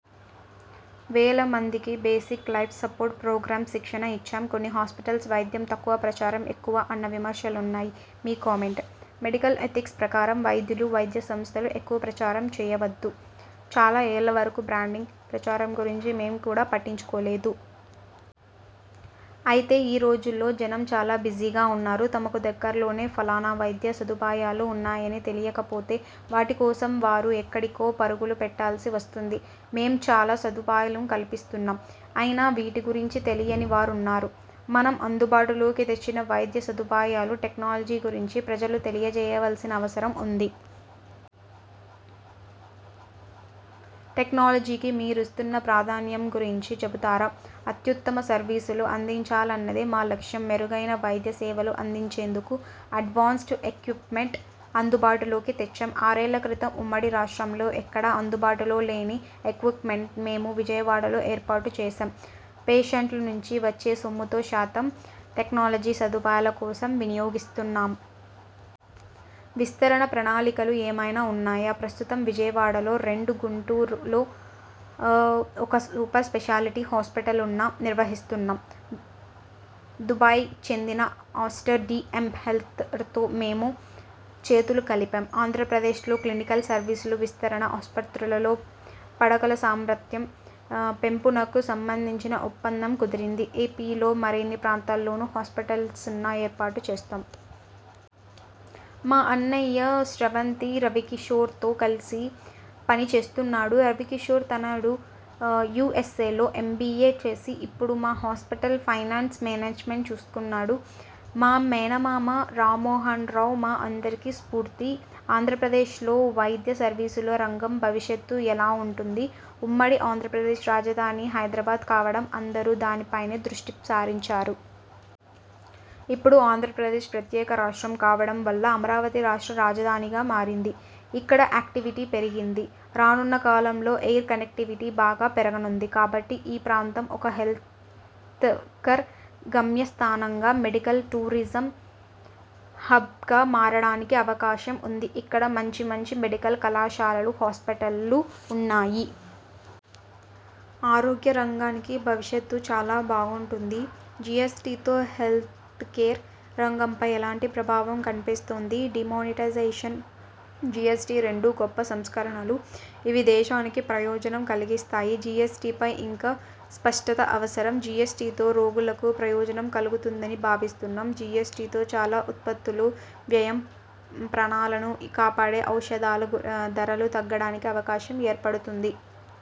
వేల మందికి basic life support ప్రోగ్రామ్స్లో శిక్షణ ఇచ్చాం. కొన్ని హాస్పిటల్స్ వైద్యం తక్కువ ప్రచారం ఎక్కువ అన్న విమర్శలున్నాయి మీ కామెంట్? మెడికల్ ఎథిక్స్ ప్రకారం వైద్యులు, వైద్య సంస్థలు ఎక్కువ ప్రచారం చేయవద్దు. చాలా ఏళ్ల వరకు బ్రాండింగ్, ప్రచారం గురించి మేం కూడా పట్టించుకోలేదు. అయితే ఈ రోజుల్లో జనం చాలా బిజీగా ఉన్నారు. తమకు దగ్గరలోనే ఫలానా వైద్య సదుపాయాలు ఉన్నాయని తెలియకపోతే వాటి కోసం వారు ఎక్కడికో పరుగులు పెట్టాల్సి వస్తుంది. మేము చాలా సదుపాయాలను కల్పిస్తున్నాం. అయినా వీటి గురించి తెలియని వారున్నారు. మనం అందుబాటులోకి తెచ్చిన వైద్య సదుపాయాలు, టెక్నాలజీ గురించి ప్రజలు తెలియజేయాల్సిన అవసరం ఉంది. టెక్నాలజీకి మీరిస్తున్న ప్రాధాన్యం గురించి చెబుతారా? అత్యుత్తమ సర్వీసులు అందించాలన్నదే మా లక్ష్యం. మెరుగైన వైద్య సేవలు అందించేందుకు అడ్వాన్స్డ్ ఎక్విప్మెంట్ అందుబాటులోకి తెచ్చాం. ఆరేళ్ల క్రితం ఉమ్మడి రాష్ట్రంలో ఎక్కడా అందుబాటులో లేని ఎక్విప్మెంట్ను మేము విజయవాడలో ఏర్పాటు చేశాం. పేషెంట్ల నుంచి వచ్చే సొమ్ములో శాతం టెక్నాలజీ, సదుపాయాల కోసం వినియోగిస్తున్నాం. విస్తరణ ప్రణాళికలు ఏమైనా ఉన్నాయా? ప్రస్తుతం విజయవాడలో రెండు, గుంటూరులో ఒక సూపర్ స్పెషాలిటీ హాస్పిటల్ను నిర్వహిస్తున్నాం. దుబాయ్కి చెందిన ఆస్టర్ డిఎం హెల్త్కేర్తో మేము చేతులు కలిపాం. ఆంధ్రప్రదేశ్లో క్లినికల్ సర్వీసుల విస్తరణ, ఆస్పత్రుల్లో పడకల సామర్థ్యం పెంపునకు సంబంధించి ఒప్పందం కుదిరింది. ఎపిలో మరిన్ని ప్రాంతాల్లోనూ హాస్పిటల్స్ను ఏర్పాటు చేస్తాం. మా అన్నయ్య స్రవంతి రవికిశోర్తో కలిసి పని చేస్తున్నాడు. రవికిషోర్ తనయుడు యుఎ్సలో ఎంబిఎ చేసి ఇప్పుడు మా హాస్పిటల్ ఫైనాన్స్ మేనేజ్మెంట్ చూస్తున్నాడు. మా మేనమామ రామ్మోహన్రావు మా అందరికీ స్ఫూర్తి. ఆంధ్రప్రదేశ్లో వైద్య సర్వీసుల రంగం భవిష్యత్తు ఎలా ఉంటుంది? ఉమ్మడి ఆంధ్రప్రదేశ్ రాజధాని హైదరాబాద్ కావడం అందరూ దానిపైనే దృష్టిసారించారు. ఇప్పుడు ఆంధ్రప్రదేశ్ ప్రత్యేక రాష్ట్రం కావడం వల్ల అమరావతి రాష్ట్ర రాజధానిగా మారింది. ఇక్కడ యాక్టివిటీ పెరిగింది. రానున్న కాలంలో ఎయిర్ కనెక్టివిటీ బాగా పెరగనుంది. కాబట్టి ఈ ప్రాంతం ఒక హెల్త్కేర్ గమ్యస్థానంగా మెడికల్ టూరిజం హబ్గా మారడానికి అవకాశం ఉంది. ఇక్కడ మంచిమంచి మెడికల్ కళాశాలలు, హాస్పిటళ్లు ఉన్నాయి. ఆరోగ్య రంగానికి భవిష్యత్ చాలా బాగుంటుంది. జిఎస్టితో హెల్త్కేర్ రంగంపై ఎలాంటి ప్రభావం కనిపిస్తోంది? డీమానిటైజేషన్, జిఎ్సటి రెండూ గొప్ప సంస్కరణలు. ఇవి దేశానికి ప్రయోజనం కలిగిస్తాయి. జిఎ్సటిపై ఇంకా స్పష్టత అవసరం. జిఎ్సటితో రోగులకు ప్రయోజనం కలుగుతుందని భావిస్తున్నాం. జిఎ్సటితో చాలా ఉత్పత్తుల వ్యయం, ప్రాణాలను కాపాడే ఔషధలు ధరలు తగ్గడానికి అవకాశం ఏర్పడుతుంది.